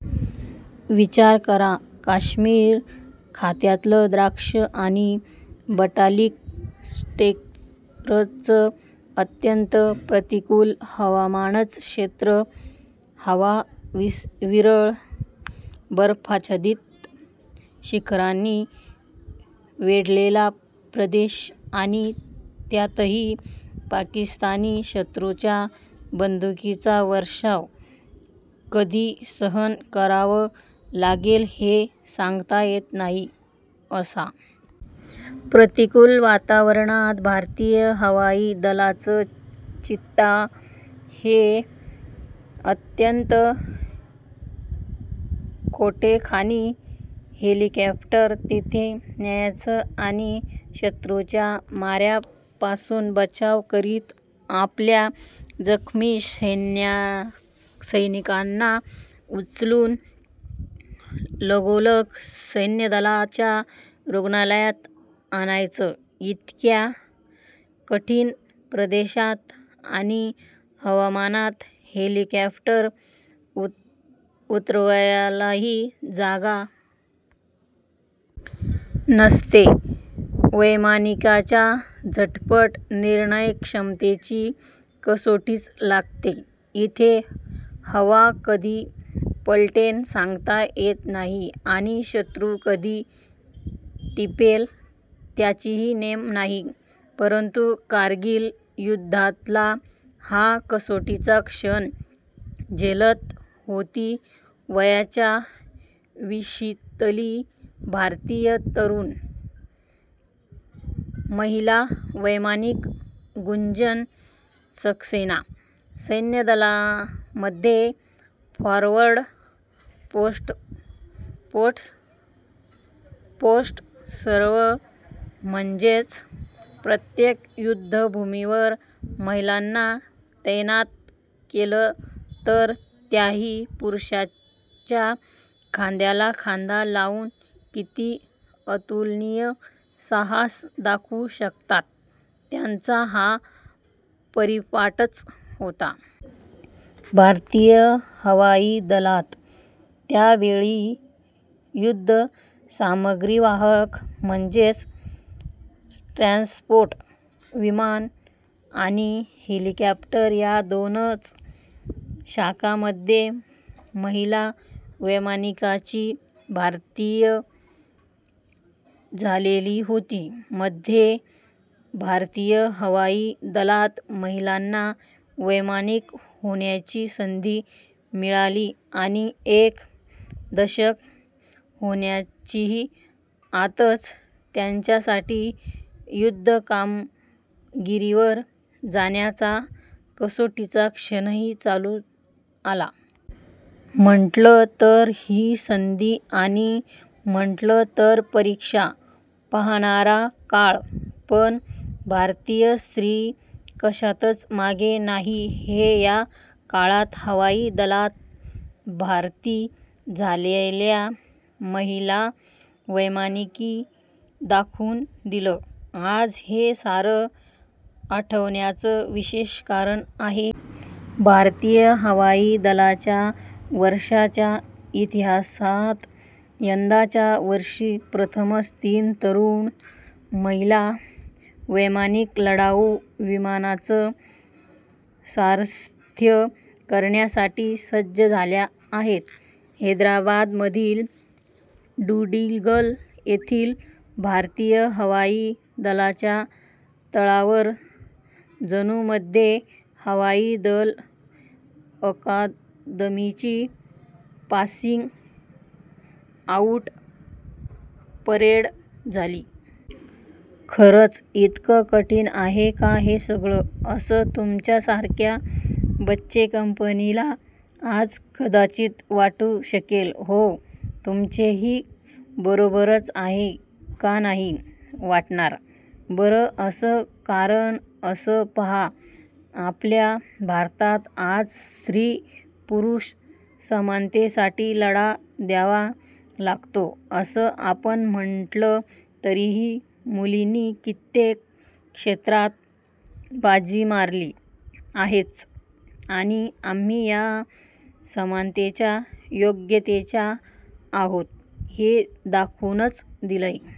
विचार करा, काश्मीर खोऱ्यातलं द्रास आणि बटालिक सेक्टरचं अत्यंत प्रतिकूल हवामानाचं क्षेत्र. हवा विरळ, बर्फाच्छादित शिखरांनी वेढलेला प्रदेश आणि त्यातही पाकिस्तानी शत्रूंच्या बंदुकीचा वर्षाव कधी सहन करावा लागेल, हे सांगता येत नाही. अशा प्रतिकूल वातावरणात भारतीय हवाई दलाचं चीता हे अत्यंत छोटेखानी हेलिकॉप्टर तिथे न्यायचं आणि शत्रूच्या माऱ्यापासून बचाव करीत आपल्या जखमी सैनिकांना उचलून लगोलग सैन्यदलाच्या रुग्णालयात आणायचं… इतक्या कठीण प्रदेशात आणि हवामानात हेलिकॉप्टर उतरवायलाही जागा नसते… वैमानिकाच्या झटपट निर्णयक्षमतेची कसोटीच लागते इथे… हवा कधी पालटेल सांगता येत नाही आणि शत्रू कधी टिपेल, त्याचाही नेम नाही… परंतु कारगील युध्दातला हा कसोटीचा क्षण झेलत होती वयाच्या विशीतली भारतीय तरुण महिला वैमानिक गुंजन सक्सेना… सैन्यदलांमध्ये फॉरवर्ड पोस्ट्सवर म्हणजेच प्रत्यक्ष युध्दभूमीवर महिलांना तैनात केलं, तर त्याही पुरुषांच्याच खांद्याला खांदा लावून किती अतुलनीय साहस दाखवू शकतात, त्याचा हा परिपाठच होता. भारतीय हवाई दलात त्यावेळी युध्दसामग्रीवाहक म्हणजेच ट्रान्सपोर्ट विमानं आणि हेलिकॉप्टर या दोनच शाखांमध्ये महिला वैमानिकांची भरती झालेली होती. मध्ये भारतीय हवाई दलात महिलांना वैमानिक होण्याची संधी मिळाली आणि एक दशक होण्याच्याही आतच त्यांच्यासाठी युध्दकामगिरीवर जाण्याचा कसोटीचा क्षणही चालून आला. म्हटलं तर ही संधी आणि म्हटलं तर परीक्षा पाहणारा काळ. पण भारतीय स्त्री कशातच मागे नाही, हे या काळात हवाई दलात भरती झालेल्या महिला वैमानिकांनी दाखवून दिलं. आज हे सारं आठवण्याचं विशेष कारण आहे. भारतीय हवाई दलाच्या वर्षांच्या इतिहासात यंदाच्या वर्षी प्रथमच तीन तरुण महिला वैमानिक लढाऊ विमानांचं सारथ्य करण्यासाठी सज्ज झाल्या आहेत. हैदराबादमधील डुंडिगल येथील भारतीय हवाई दलाच्या तळावर जूनमध्ये हवाई दल अकादमीची पासिंग आऊट परेड झाली. खरंच, इतकं कठीण आहे का हे सगळं, असं तुमच्यासारख्या बच्चेकंपनीला आज कदाचित वाटू शकेल. हो, तुमचंही बरोबरच आहे. का नाही वाटणार बरं असं? कारण असं पहा, आपल्या भारतात आज स्त्री-पुरुष समानतेसाठी लढा द्यावा लागतो असं आपण म्हटलं, तरीही मुलींनी कित्येक क्षेत्रात बाजी मारली आहेच आणि आम्ही या समानतेच्या योग्यतेच्या आहोत, हे दाखवूनच दिलंय.